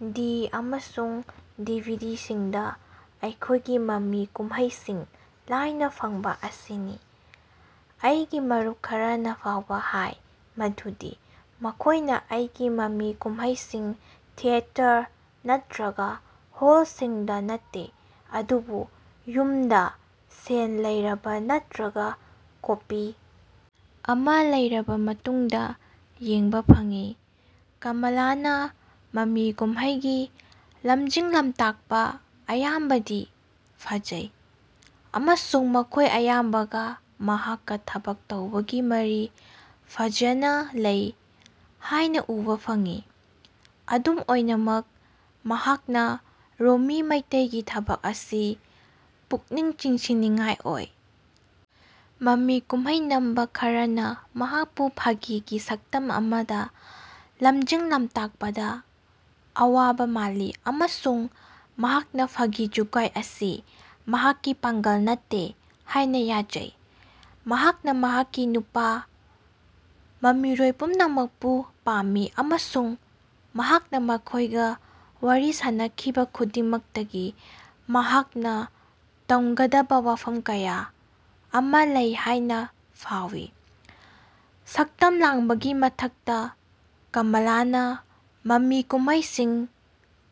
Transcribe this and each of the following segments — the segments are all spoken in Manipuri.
ꯗꯤ. ꯑꯃꯁꯨꯡ ꯗꯤ. ꯚꯤ. ꯗꯤ. ꯁꯤꯡꯗ ꯑꯩꯈꯣꯏꯒꯤ ꯃꯃꯤ ꯀꯨꯝꯍꯩꯁꯤꯡ ꯂꯥꯏꯅ ꯐꯪꯕ ꯑꯁꯤꯅꯤ ꯫ ꯑꯩꯒꯤ ꯃꯔꯨꯞ ꯈꯔꯅ ꯐꯥꯎꯕ ꯍꯥꯏ ꯃꯗꯨꯗꯤ ꯃꯈꯣꯏꯅ ꯑꯩꯒꯤ ꯃꯃꯤ ꯀꯨꯝꯍꯩꯁꯤꯡ ꯊꯤꯌꯦꯇꯔ ꯅꯠꯇ꯭ꯔꯒ ꯍꯣꯜꯁꯤꯡꯗ ꯅꯠꯇꯦ ꯑꯗꯨꯕꯨ ꯌꯨꯝꯗ ꯁꯦꯟ ꯂꯧꯔꯕ ꯅꯠꯇ꯭ꯔꯒ ꯀꯣꯄꯤ ꯑꯃ ꯂꯩꯔꯕ ꯃꯇꯨꯡꯗ ꯌꯦꯡꯕ ꯐꯪꯏ꯫ ꯀꯃꯂꯥꯅ ꯃꯃꯤ ꯀꯨꯝꯍꯩꯒꯤ ꯂꯝꯖꯤꯡ-ꯂꯝꯇꯥꯛꯄ ꯑꯌꯥꯝꯕꯗꯤ ꯐꯖꯩ ꯑꯃꯁꯨꯡ ꯃꯈꯣꯏ ꯑꯌꯥꯝꯕꯒ ꯃꯍꯥꯛꯀ ꯊꯕꯛ ꯇꯧꯕꯒꯤ ꯃꯔꯤ ꯐꯖꯅ ꯂꯩ ꯍꯥꯏꯅ ꯎꯕ ꯐꯪꯏ꯫ ꯑꯗꯨꯝ ꯑꯣꯏꯅꯃꯛ ꯃꯍꯥꯛꯅ ꯔꯣꯃꯤ ꯃꯩꯇꯩꯒꯤ ꯊꯕꯛ ꯑꯁꯤ ꯄꯨꯛꯅꯤꯡ ꯆꯤꯡꯁꯤꯟꯅꯤꯡꯉꯥꯏ ꯑꯣꯏ꯫ ꯃꯃꯤ ꯀꯨꯝꯍꯩ ꯅꯝꯕ ꯈꯔꯅ ꯃꯍꯥꯛꯄꯨ ꯐꯥꯒꯤꯒꯤ ꯁꯛꯇꯝ ꯑꯃꯗ ꯂꯝꯖꯤꯡ-ꯂꯝꯇꯥꯛꯄꯗ ꯑꯋꯥꯕ ꯃꯥꯜꯂꯤ ꯑꯃꯁꯨꯡ ꯃꯍꯥꯛꯅ ꯐꯥꯒꯤ-ꯖꯨꯒꯥꯏ ꯑꯁꯤ ꯃꯍꯥꯛꯀꯤ ꯄꯥꯡꯒꯜ ꯅꯠꯇꯦ ꯍꯥꯏꯅ ꯌꯥꯖꯩ꯫ ꯃꯍꯥꯛꯅ ꯃꯍꯥꯛꯀꯤ ꯅꯨꯄꯥ ꯃꯃꯤꯔꯣꯏ ꯄꯨꯝꯅꯃꯛꯄꯨ ꯄꯥꯝꯃꯤ ꯑꯃꯁꯨꯡ ꯃꯍꯥꯛꯅ ꯃꯈꯣꯏꯒ ꯋꯥꯔꯤ ꯁꯥꯅꯈꯤꯕ ꯈꯨꯗꯤꯡꯃꯛꯇꯒꯤ ꯃꯍꯥꯛꯅ ꯇꯝꯒꯗꯕ ꯋꯥꯐꯝ ꯀꯌꯥ ꯑꯃ ꯂꯩ ꯍꯥꯏꯅ ꯐꯥꯎꯏ꯫ ꯁꯛꯇꯝ ꯂꯥꯡꯕꯒꯤ ꯃꯊꯛꯇ ꯀꯃꯂꯥꯅ ꯃꯃꯤ ꯀꯨꯝꯍꯩꯁꯤꯡ,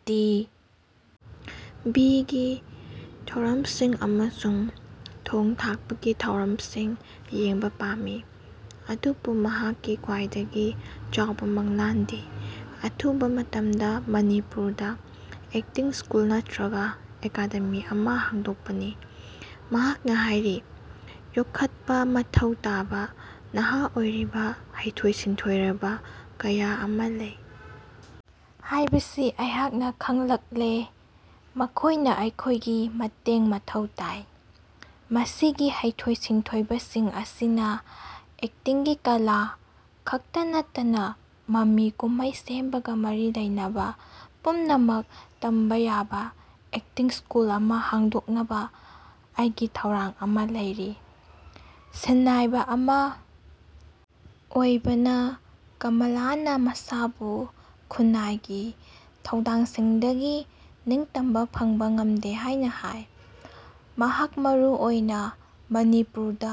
ꯇꯤ. ꯚꯤ. ꯒꯤ ꯊꯧꯔꯝꯁꯤꯡ ꯑꯃꯁꯨꯡ ꯊꯣꯡ-ꯊꯥꯛꯄꯒꯤ ꯊꯧꯔꯝꯁꯤꯡ ꯌꯦꯡꯕ ꯄꯥꯝꯃꯤ꯫ ꯑꯗꯨꯕꯨ ꯃꯍꯥꯛꯀꯤ ꯈ꯭ꯋꯥꯏꯗꯒꯤ ꯆꯥꯎꯕ ꯃꯪꯂꯥꯟꯗꯤ ꯑꯊꯨꯕ ꯃꯇꯝꯗ ꯃꯅꯤꯄꯨꯔꯗ ꯑꯦꯛꯇꯤꯡ ꯁ꯭ꯀꯨꯜ ꯅꯠꯇ꯭ꯔꯒ ꯑꯦꯀꯥꯗꯦꯃꯤ ꯑꯃ ꯍꯥꯡꯗꯣꯛꯄꯅꯤ꯫ ꯃꯍꯥꯛꯅ ꯍꯥꯏꯔꯤ, "ꯌꯣꯛꯈꯠꯄ ꯃꯊꯧ ꯇꯥꯕ ꯅꯍꯥ ꯑꯣꯏꯔꯤꯕ ꯍꯩꯊꯣꯏ-ꯁꯤꯡꯊꯣꯏꯔꯕ ꯀꯌꯥ ꯑꯃ ꯂꯩ ꯍꯥꯏꯕꯁꯤ ꯑꯩꯍꯥꯛꯅ ꯈꯪꯂꯛꯂꯦ꯫ ꯃꯈꯣꯏꯅ ꯑꯩꯈꯣꯏꯒꯤ ꯃꯇꯦꯡ ꯃꯊꯧ ꯇꯥꯏ꯫ ꯃꯁꯤꯒꯤ ꯍꯩꯊꯣꯏ-ꯁꯤꯡꯊꯣꯏꯕꯁꯤꯡ ꯑꯁꯤꯅ ꯑꯦꯛꯇꯤꯡꯒꯤ ꯀꯂꯥ ꯈꯛꯇ ꯅꯠꯇꯅ ꯃꯃꯤ ꯀꯨꯝꯍꯩ ꯁꯦꯝꯕꯒ ꯃꯔꯤ ꯂꯩꯅꯕ ꯄꯨꯝꯅꯃꯛ ꯇꯝꯕ ꯌꯥꯕ ꯑꯦꯛꯇꯤꯡ ꯁ꯭ꯀꯨꯜ ꯑꯃ ꯍꯥꯡꯗꯣꯛꯅꯕ ꯑꯩꯒꯤ ꯊꯧꯔꯥꯡ ꯑꯃ ꯂꯩꯔꯤ"꯫ ꯁꯤꯟꯅꯥꯏꯕ ꯑꯃ ꯑꯣꯏꯕꯅ ꯀꯃꯂꯥꯅ ꯃꯁꯥꯕꯨ ꯈꯨꯟꯅꯥꯏꯒꯤ ꯊꯧꯗꯥꯡꯁꯤꯡꯗꯒꯤ ꯅꯤꯡꯇꯝꯕ ꯐꯪꯕ ꯉꯝꯗꯦ ꯍꯥꯏꯅ ꯍꯥꯏ꯫ ꯃꯍꯥꯛ ꯃꯔꯨ ꯑꯣꯏꯅ ꯃꯅꯤꯄꯨꯔꯗ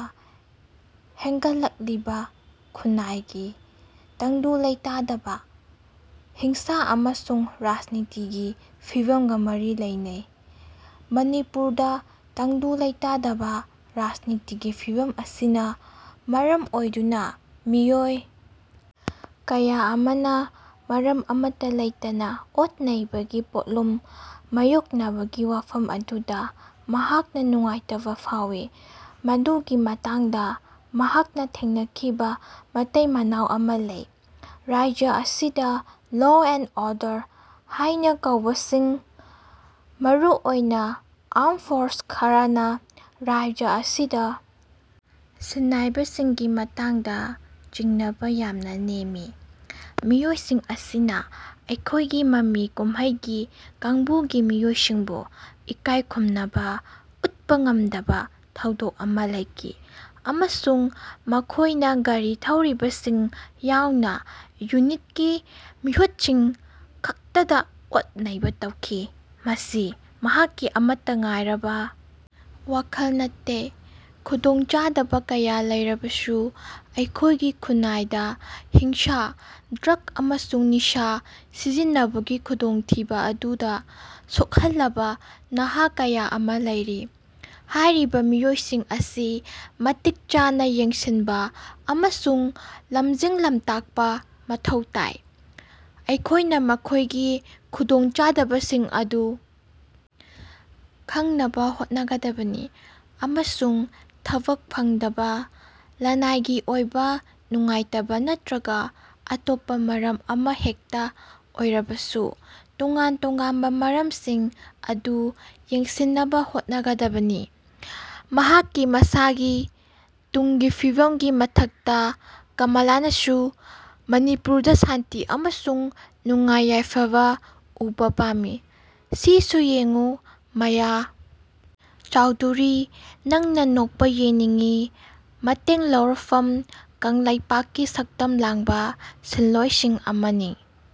ꯍꯦꯟꯒꯠꯂꯛꯂꯤꯕ ꯈꯨꯟꯅꯥꯏꯒꯤ ꯇꯪꯗꯨ ꯂꯩꯇꯥꯗꯕ, ꯍꯤꯡꯁꯥ ꯑꯃꯁꯨꯡ ꯔꯥꯖꯅꯤꯇꯤꯒꯤ ꯐꯤꯚꯝꯒ ꯃꯔꯤ ꯂꯩꯅꯩ꯫ ꯃꯅꯤꯄꯨꯔꯗ ꯇꯪꯗꯨ ꯂꯩꯇꯥꯗꯕ ꯔꯥꯖꯅꯤꯇꯤꯒꯤ ꯐꯤꯚꯝ ꯑꯁꯤꯅ ꯃꯔꯝ ꯑꯣꯏꯗꯨꯅ ꯃꯤꯑꯣꯏ ꯀꯌꯥ ꯑꯃꯅ ꯃꯔꯝ ꯑꯃꯠꯇ ꯂꯩꯇꯅ ꯑꯣꯠ-ꯅꯩꯕꯒꯤ ꯄꯣꯠꯂꯨꯝ ꯃꯥꯌꯣꯛꯅꯕꯒꯤ ꯋꯥꯐꯝ ꯑꯗꯨꯗ ꯃꯍꯥꯛꯅ ꯅꯨꯡꯉꯥꯏꯇꯕ ꯐꯥꯎꯏ꯫ ꯃꯗꯨꯒꯤ ꯃꯇꯥꯡꯗ ꯃꯍꯥꯛꯅ ꯊꯦꯡꯅꯈꯤꯕ ꯃꯇꯩ-ꯃꯅꯥꯎ ꯑꯃ ꯂꯩ꯫ "ꯔꯥꯖ꯭ꯌ ꯑꯁꯤꯗ ꯂꯣ ꯑꯦꯟꯗ ꯑꯣꯔꯗꯔ ꯍꯥꯏꯅ ꯀꯧꯕꯁꯤꯡ, ꯃꯔꯨꯑꯣꯏꯅ ꯑꯥꯔꯝ ꯐꯣꯔꯁ ꯈꯔꯅ ꯔꯥꯖ꯭ꯌ ꯑꯁꯤꯗ ꯁꯤꯟꯅꯥꯏꯕꯁꯤꯡꯒꯤ ꯃꯇꯥꯡꯗ ꯆꯤꯡꯅꯕ ꯌꯥꯝꯅ ꯅꯦꯝꯃꯤ꯫ ꯃꯤꯑꯣꯏꯁꯤꯡ ꯑꯁꯤꯅ ꯑꯩꯈꯣꯏꯒꯤ ꯃꯃꯤ ꯀꯨꯝꯍꯩꯒꯤ ꯀꯥꯡꯕꯨꯒꯤ ꯃꯤꯑꯣꯏꯁꯤꯡꯕꯨ ꯏꯀꯥꯏ ꯈꯨꯝꯅꯕ ꯎꯠꯄ ꯉꯝꯗꯕ ꯊꯧꯗꯣꯛ ꯑꯃ ꯂꯩꯈꯤ ꯑꯃꯁꯨꯡ ꯃꯈꯣꯏꯅ ꯒꯥꯔꯤ ꯊꯧꯔꯤꯕꯁꯤꯡ ꯌꯥꯎꯅ ꯌꯨꯅꯤꯠꯀꯤ ꯃꯤꯍꯨꯠꯁꯤꯡ ꯈꯛꯇꯗ ꯑꯣꯠ-ꯅꯩꯕ ꯇꯧꯈꯤ"꯫ ꯃꯁꯤ ꯃꯍꯥꯛꯀꯤ ꯑꯃꯠꯇ ꯉꯥꯏꯔꯕ ꯋꯥꯈꯜ ꯅꯠꯇꯦ꯫ "ꯈꯨꯗꯣꯡꯆꯥꯗꯕ ꯀꯌꯥ ꯂꯩꯔꯕꯁꯨ, ꯑꯩꯈꯣꯏꯒꯤ ꯈꯨꯟꯅꯥꯏꯗ ꯍꯤꯡꯁꯥ, ꯗ꯭ꯔꯒ ꯑꯃꯁꯨꯡ ꯅꯤꯁꯥ ꯁꯤꯖꯤꯟꯅꯕꯒꯤ ꯈꯨꯗꯣꯡꯊꯤꯕ ꯑꯗꯨꯗ ꯁꯣꯛꯍꯜꯂꯕ ꯅꯍꯥ ꯀꯌꯥ ꯑꯃ ꯂꯩꯔꯤ꯫ ꯍꯥꯏꯔꯤꯕ ꯃꯤꯑꯣꯏꯁꯤꯡ ꯑꯁꯤ ꯃꯇꯤꯛ ꯆꯥꯅ ꯌꯦꯡꯁꯤꯟꯕ ꯑꯃꯁꯨꯡ ꯂꯝꯖꯤꯡ-ꯂꯝꯇꯥꯛꯄ ꯃꯊꯧ ꯇꯥꯏ꯫ ꯑꯩꯈꯣꯏꯅ ꯃꯈꯣꯏꯒꯤ ꯈꯨꯗꯣꯡꯆꯥꯗꯕꯁꯤꯡ ꯑꯗꯨ ꯈꯪꯅꯕ ꯍꯣꯠꯅꯒꯗꯕꯅꯤ ꯑꯃꯁꯨꯡ ꯊꯕꯛ ꯐꯪꯗꯕ, ꯂꯅꯥꯏꯒꯤ ꯑꯣꯏꯕ ꯅꯨꯡꯉꯥꯏꯇꯕ ꯅꯠꯇ꯭ꯔꯒ ꯑꯇꯣꯞꯄ ꯃꯔꯝ ꯑꯃꯍꯦꯛꯇ ꯑꯣꯏꯔꯕꯁꯨ ꯇꯣꯉꯥꯟ-ꯇꯣꯉꯥꯟꯕ ꯃꯔꯝꯁꯤꯡ ꯑꯗꯨ ꯌꯦꯡꯁꯤꯟꯅꯕ ꯍꯣꯠꯅꯒꯗꯕꯅꯤ"꯫ ꯃꯍꯥꯛꯀꯤ ꯃꯁꯥꯒꯤ ꯇꯨꯡꯒꯤ ꯐꯤꯕꯝꯒꯤ ꯃꯊꯛꯇ, ꯀꯃꯂꯥꯅꯁꯨ ꯃꯅꯤꯄꯨꯔꯗ ꯁꯥꯟꯇꯤ ꯑꯃꯁꯨꯡ ꯅꯨꯡꯉꯥꯏ-ꯌꯥꯏꯐꯕ ꯎꯕ ꯄꯥꯝꯃꯤ꯫ ꯁꯤꯁꯨ ꯌꯦꯡꯉꯨ ꯃꯌꯥ ꯆꯧꯙꯨꯔꯤ ꯅꯪꯅ ꯅꯣꯛꯄ ꯌꯦꯡꯅꯤꯡꯉꯤ ꯃꯇꯦꯡ ꯂꯧꯔꯛꯐꯝ ꯀꯪꯂꯩꯄꯥꯛꯀꯤ ꯁꯛꯇꯝ ꯂꯥꯡꯕ ꯁꯤꯟꯂꯣꯢꯁꯤꯡ ꯑꯃꯅꯤ꯫